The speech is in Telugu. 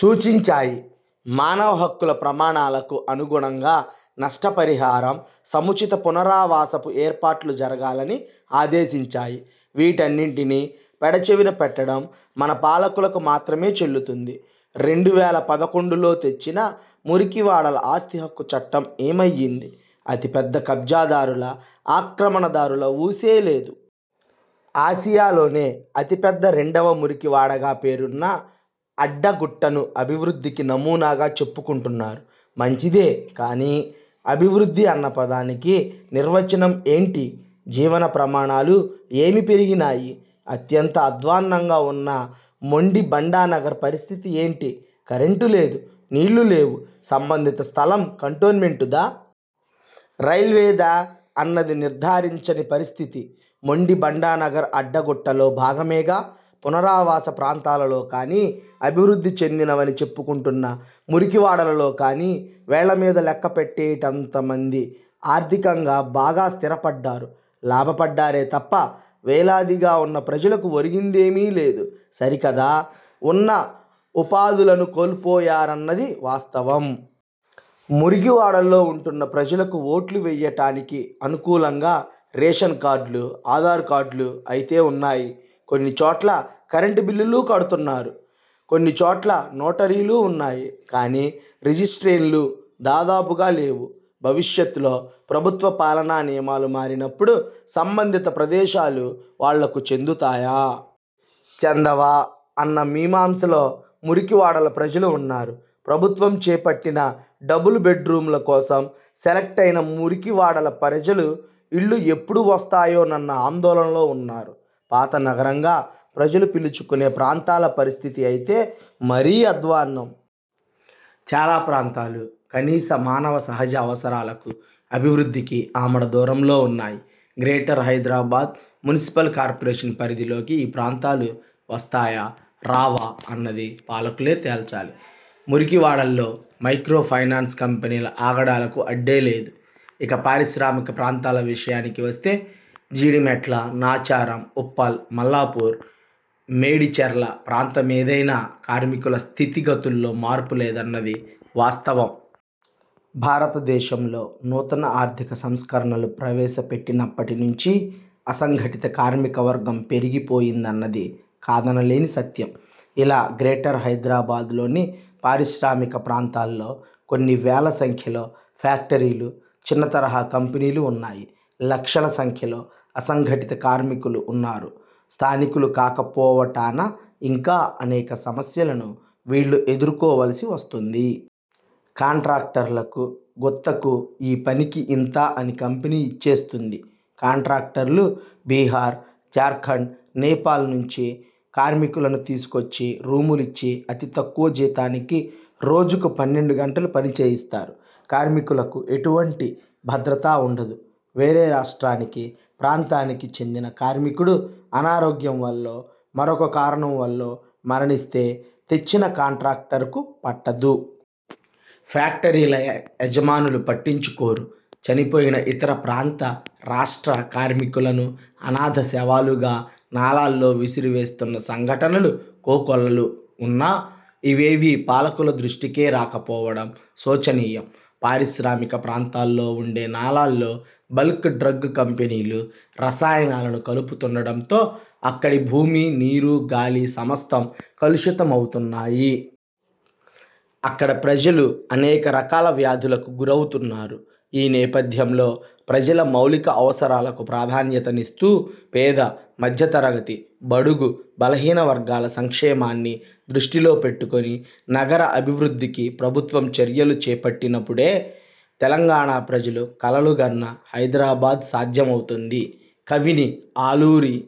సూచించాయి. మానవ హక్కుల ప్రమాణాలకు అనుగుణంగా నష్ట పరిహారం, సముచిత పునరావాసపు ఏర్పాట్లు జరగాలని ఆదేశించాయి. వీటన్నింటినీ పెడ చెవిన పెట్టడం మన పాలకులకు మాత్రమే చెల్లుతుంది. రెండు వేల పదకొండులో తెచ్చిన మురికివాడల ఆస్తి హక్కు చట్టం ఏమయ్యింది? అతి పెద్ద కబ్జా దారుల, ఆక్రమణ దారుల ఊసే లేదు? ఆసియాలోనే అతి పెద్ద రెండవ మురికి వాడగా పేరున్న అడ్డగుట్టను అభివృద్ధికి నమూనాగా చెప్పుకుంటున్నారు. మంచిదే కానీ, అభివృద్ధి అన్న పదానికి నిర్వచనం ఏంటి? జీవన ప్రమాణాలు ఏమి పెరిగినాయి? అత్యంత అధ్వానంగా ఉన్న మొండి బండా నగర్ పరిస్థితి ఏంటి? కరెంటు లేదు, నీళ్ళు లేవు, సంబంధిత స్థలం కంటోన్మెంటుదా? రైల్వేదా? అన్నది నిర్ధారించని పరిస్థితి. మొండి బండా నగర్ అడ్డ గుట్టలో భాగమేగా! పునరావాస ప్రాంతాలలో కానీ, అభివృద్ధి చెందినవని చెప్పుకుంటున్న మురికి వాడలలో కానీ వేళ్ళ మీద లెక్క పెట్టేటంత మంది ఆర్థికంగా బాగా స్థిర పడ్డారు, లాభపడ్డారే తప్ప వేలాదిగా ఉన్న ప్రజలకు ఒరిగిందేమీ లేదు సరి కదా ఉన్న ఉపాధులను కోల్పోయారన్నది వాస్తవం. మురికి వాడల్లో ఉంటున్న ప్రజలకు ఓట్లు వెయ్యటానికి అనుకూలంగా రేషన్ కార్డులు, ఆధార్ కార్డులు అయితే ఉన్నాయి. కొన్ని చోట్ల కరెంటు బిల్లులూ కడుతున్నారు! కొన్ని చోట్ల నోటరీలు ఉన్నాయి. కానీ రిజిస్ట్రేన్లు దాదాపుగా లేవు. భవిష్యత్లో ప్రభుత్వ పాలనా నియమాలు మారినప్పుడు సంబంధిత ప్రదేశాలు వాళ్ళకు చెందుతాయా? చెందవా? అన్న మీ మాంసలో మురికి వాడల ప్రజలు ఉన్నారు. ప్రభుత్వం చేపట్టిన డబల్ బెడ్ రూమ్ల కోసం సెలెక్ట్ అయిన మురికి వాడల ప్రజలు ఇళ్లు ఎప్పుడు వస్తాయోనన్న ఆందోళనలో ఉన్నారు. పాత నగరంగా ప్రజలు పిలుచుకునే ప్రాంతాల పరిస్థితి అయితే మరీ అధ్వానం. చాలా ప్రాంతాలు కనీస మానవ సహజ అవసరాలకు, అభివృద్ధికి ఆమడ దూరంలో ఉన్నాయి. గ్రేటర్ హైదరాబాద్ మున్సిపల్ కార్పొరేషన్ పరిధిలోకి ఈ ప్రాంతాలు వస్తాయా? రావా? అన్నది పాలకులే తేల్చాలి. మురికి వాడల్లో మైక్రో ఫైనాన్స్ కంపెనీల ఆగడాలకు అడ్డే లేదు. ఇక పారిశ్రామిక ప్రాంతాల విషయానికి వస్తే జీడిమెట్ల, నాచారం, ఉప్పల్, మల్లాపూర్, మేడిచెర్ల ప్రాంతమేదైనా కార్మికుల స్థితి గతుల్లో మార్పు లేదన్నది వాస్తవం. భారతదేశంలో నూతన ఆర్థిక సంస్కరణలు ప్రవేశ పెట్టినప్పటి నుంచీ అసంఘటిత కార్మికవర్గం పెరిగి పోయిందన్నది కాదనలేని సత్యం. ఇలా గ్రేటర్ హైదరాబాద్లోని పారిశ్రామిక ప్రాంతాల్లో కొన్ని వేల సంఖ్యలో ఫ్యాక్టరీలు, చిన్న తరహా కంపెనీలు ఉన్నాయి. లక్షల సంఖ్యలో అసంఘటిత కార్మికులు ఉన్నారు. స్థానికులు కాకపోవటాన ఇంకా అనేక సమస్యలను వీళ్ళు ఎదుర్కోవలసి వస్తోంది. కాంట్రాక్టర్లకు గుత్తకు ఈ పనికి ఇంత అని కంపెనీ ఇచ్చేస్తుంది. కాంట్రాక్టర్లు బిహార్, జార్ఖండ్, నేపాల్ నుంచి కార్మికులను తీసుకొచ్చి రూములిచ్చి అతి తక్కువ జీతానికి రోజుకు పన్నెండు గంటలు పని చేయిస్తారు. కార్మికులకు ఎటువంటి భద్రతా ఉండదు. వేరే రాష్టానికి, ప్రాంతానికి చెందిన కార్మికుడు అనారోగ్యం వల్లో, మరొక కారణం వల్లో మరణిస్తే తెచ్చిన కాంట్రాక్టరు కు పట్టదు. ఫ్యాక్టరీల యజమానులు పట్టించుకోరు. చనిపోయిన ఇతర ప్రాంత, రాష్ట్ర కార్మికులను అనాథ శవాలుగా నాలాల్లో విసిరివేస్తున్న సంఘటనలు కో కొల్లలు ఉన్నా, ఇవేవీ పాలకుల దృష్టికే రాక పోవటం శోచనీయం. పారిశ్రామిక ప్రాంతాల్లో ఉండే నాలాల్లో బల్క్ డ్రగ్ కంపెనీలు రసాయనాలను కలుపుతుండడంతో అక్కడి భూమి, నీరు, గాలి సమస్తం కలుషిత మవుతున్నాయి. అక్కడి ప్రజలు అనేక రకాల వ్యాధులకు గురవుతున్నారు. ఈ నేపథ్యంలో ప్రజల మౌలిక అవసరాలకు ప్రాధాన్యతనిస్తూ, పేద, మధ్య తరగతి, బడుగు, బలహీన వర్గాల సంక్షేమాన్ని దృష్టిలో పెట్టుకుని నగర అభివృద్ధికి ప్రభుత్వం చర్యలు చేపట్టినప్పుడే తెలంగాణ ప్రజలు కలలు గన్న హైదరాబాద్ సాధ్యమవుతుంది. కవిని ఆలూరి